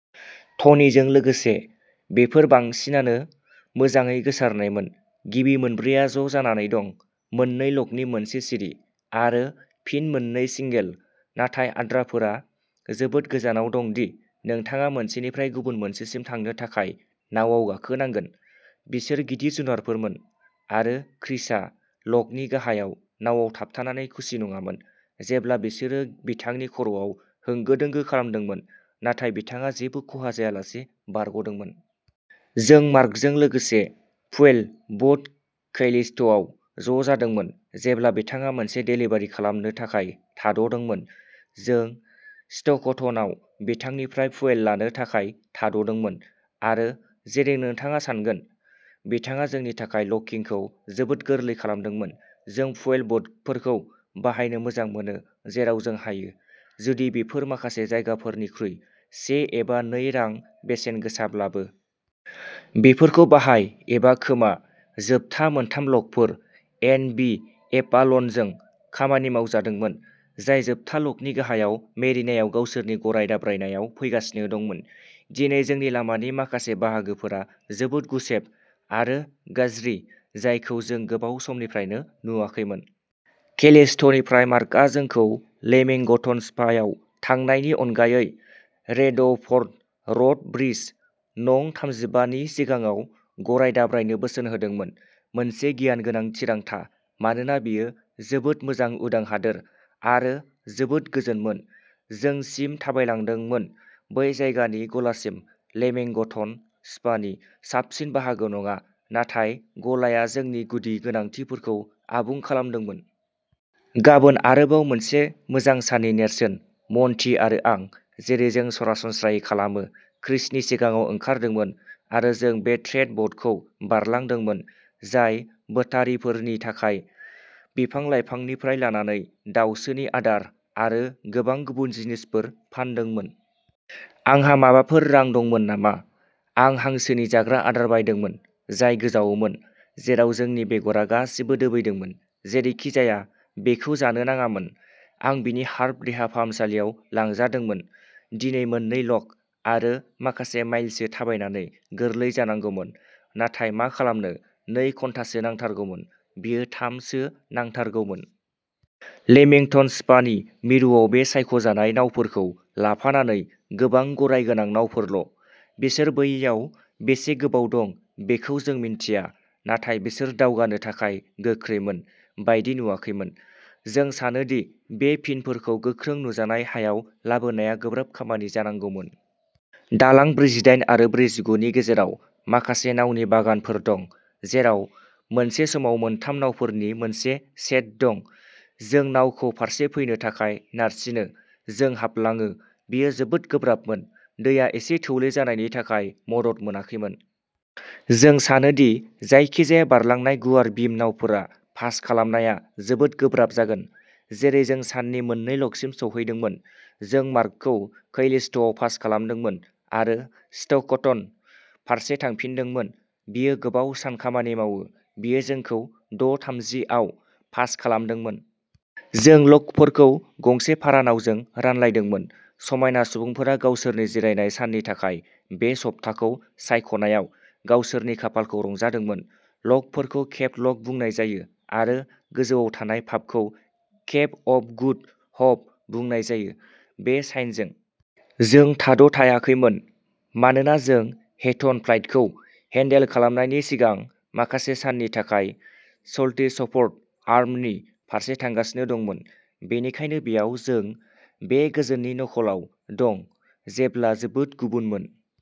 ट'नीजों लोगोसे, बेफोर बांसिनानो मोजाङै गोसारनायमोन। गिबि मोनब्रैआ ज'जानानै दं मोननै ल'कनि मोनसे सिरि आरो फिन मोननै सिंगोल, नाथाय आद्राफोरा जोबोद गोजानाव दं दि नोंथाङा मोनसेनिफ्राय गुबुन मोनसेसिम थांनो थाखाय नावाव गाखोनांगोन। बिसोर गिदिर जुनारफोरमोन आरो क्रिसआ ल'कनि गाहायाव नावाव थाबथानानै खुसि नङामोन, जेब्ला बिसोरो बिथांनि खर'आव होंगो दोंगो खालामदोंमोन, नाथाय बिथाङा जेबो खहा जायालासे बारग'दोंमोन। जों मार्कजों लोगोसे फुएल बोट कैलिस्ट'आव ज'जादोंमोन, जेब्ला बिथाङा मोनसे डेलिभारि खालामनो थाखाय थाद'दोंमोन। जों स्ट'कटनआव बिथांनिफ्राय फुएल लानो थाखाय थाद'दोंमोन आरो, जेरै नोंथाङा सान्गोन, बिथाङा जोंनि थाखाय ल'किंखौ जोबोद गोरलै खालामदोंमोन। जों फुएल बोटफोरखौ बाहायनो मोजां मोनो जेराव जों हायो, जुदि बेफोर माखासे जायगाफोरनिख्रुइ से एबा नै रां बेसेनगोसाब्लाबो। बेफोरखौ बाहाय एबा खोमा जोबथा मोनथाम ल'कफोर एन बि एभाल'नजों खामानि मावजादोंमोन, जाय जोबथा लकनि गाहायाव मेरिनायाव गावसोरनि गराय दाब्रायनायाव फैगासिनो दंमोन। दिनै जोंनि लामानि माखासे बाहागोफोरा जोबोद गुसेब आरो गाज्रि-जायखौ जों गोबाव समनिफ्रायनो नुवाखैमोन। केलिस्ट'निफ्राय मार्कआ जोंखौ लेमिंगटन स्पायाव थांनायनि अनगायै रेडफ'र्ड र'ड ब्रिज, नं थामजिबा नि सिगाङाव गराय दाब्रायनो बोसोन होदोंमोन। मोनसे गियानगोनां थिरांथा मानोना बेयो जोबोद मोजां उदां हादोर आरो जोबोद गोजोनमोन। जों सिम थाबायलांदोंमोन बै जायगानि गलासिम-लेमिंगटन स्पानि साबसिन बाहागो नङा, नाथाय गलाया जोंनि गुदि गोनांथिफोरखौ आबुं खालामदोंमोन। गाबोन आरोबाव मोनसे मोजां साननि नेरसोन। मन्टि आरो आं, जेरै जों सरासनस्रायै खालामो, क्रिसनि सिगाङाव ओंखारदोंमोन आरो जों बे ट्रेड बोटखौ बारलांदोंमोन, जाय बोटारिफोरनि थाखाय बिफां-लाइफांनिफ्राय लानानै दाउसोनि आदार आरो गोबां गुबुन जिनिसफोर फानदोंमोन। आंहा माबाफोर रां दंमोन नामा? आं हांसोनि जाग्रा आदार बायदोंमोन, जाय गोजावोमोन, जेराव जोंनि बेगरा गासिबो दोबैदोंमोन जेरैखिजाया, बेखौ जानो नाङामोन। आं बिनि हार्ब देहा फाहामसालियाव लांजादोंमोन दिनै मोननै ल'क आरो माखासे माइलसो थाबायनानै गोरलै जानांगौमोन, नाथाय मा खालामनो नै घन्टासो नांथारगौमोन, बेयो थाम सो नांथारगौमोन। लेमिंटन स्पानि मिरुआव बे'सायख'जानाय नावफोरखौ लाफानानै गोबां गराय गोनां नावफोरल'। बिसोर बैयाव बेसे गोबाव दं बेखौ जों मिन्थिया, नाथाय बिसोर दावगानो थाखाय गोख्रैमोन बायदि नुवाखैमोन। जों सानो दि बे पिनफोरखौ गोख्रों नुजानाय हायाव लाबोनाया गोब्राब खामानि जानांगौमोन। दालां ब्रैजिदाइन आरो ब्रैजिगु नि गेजेराव माखासे नावनि बागानफोर दं, जेराव मोनसे समाव मोनथाम नावफोरनि मोनसे सेट दं। जों नावखौ फारसे फैनो थाखाय नारसिनो। जों हाबलाङो। बेयो जोबोद गोब्राबमोन, दैया एसे थौले जानायनि थाखाय मदद मोनाखैमोन। जों सानो दि जायखिजाया बारलांनाय गुवार बिम नावफोरा पास खालामनाया जोबोद गोब्राब जागोन। जेरै जों साननि मोननै लकसिम सौहैदोंमोन, जों मार्कखौ कैलिस्ट'आव पास खालामदोंमोन आरो स्ट'कटन फारसे थांफिनदोंमोन। बियो गोबाव सान खामानि मावो बियो जोंखौ द' थामजि आव पास खालामदोंमोन। जों लकफोरखौ गंसे भारा नावजों रानलायदोंमोन समायना सुबुंफोरा गावसोरनि जिरायनाय साननि थाखाय बे सप्ताखौ सायख'नायाव गावसोरनि खाफालखौ रंजादोंमोन। लकफोरखौ केप लक बुंनाय जायो आरो गोजौआव थानाय पाबखौ केप अफ गुड हप बुंनाय जायो। बे साइनजों जों थाद'थायाखैमोन मानोना जों हेटन फ्लाइटखौ हेन्डल खालामनायनि सिगां माखासे साननि थाखाय सल्टिसफ'र्ड आर्मनि फारसे थांगासिनो दंमोन। बेनिखायनो बेयाव जों बे गोजोननि नखलआव दं-जेब्ला जोबोद गुबुनमोन।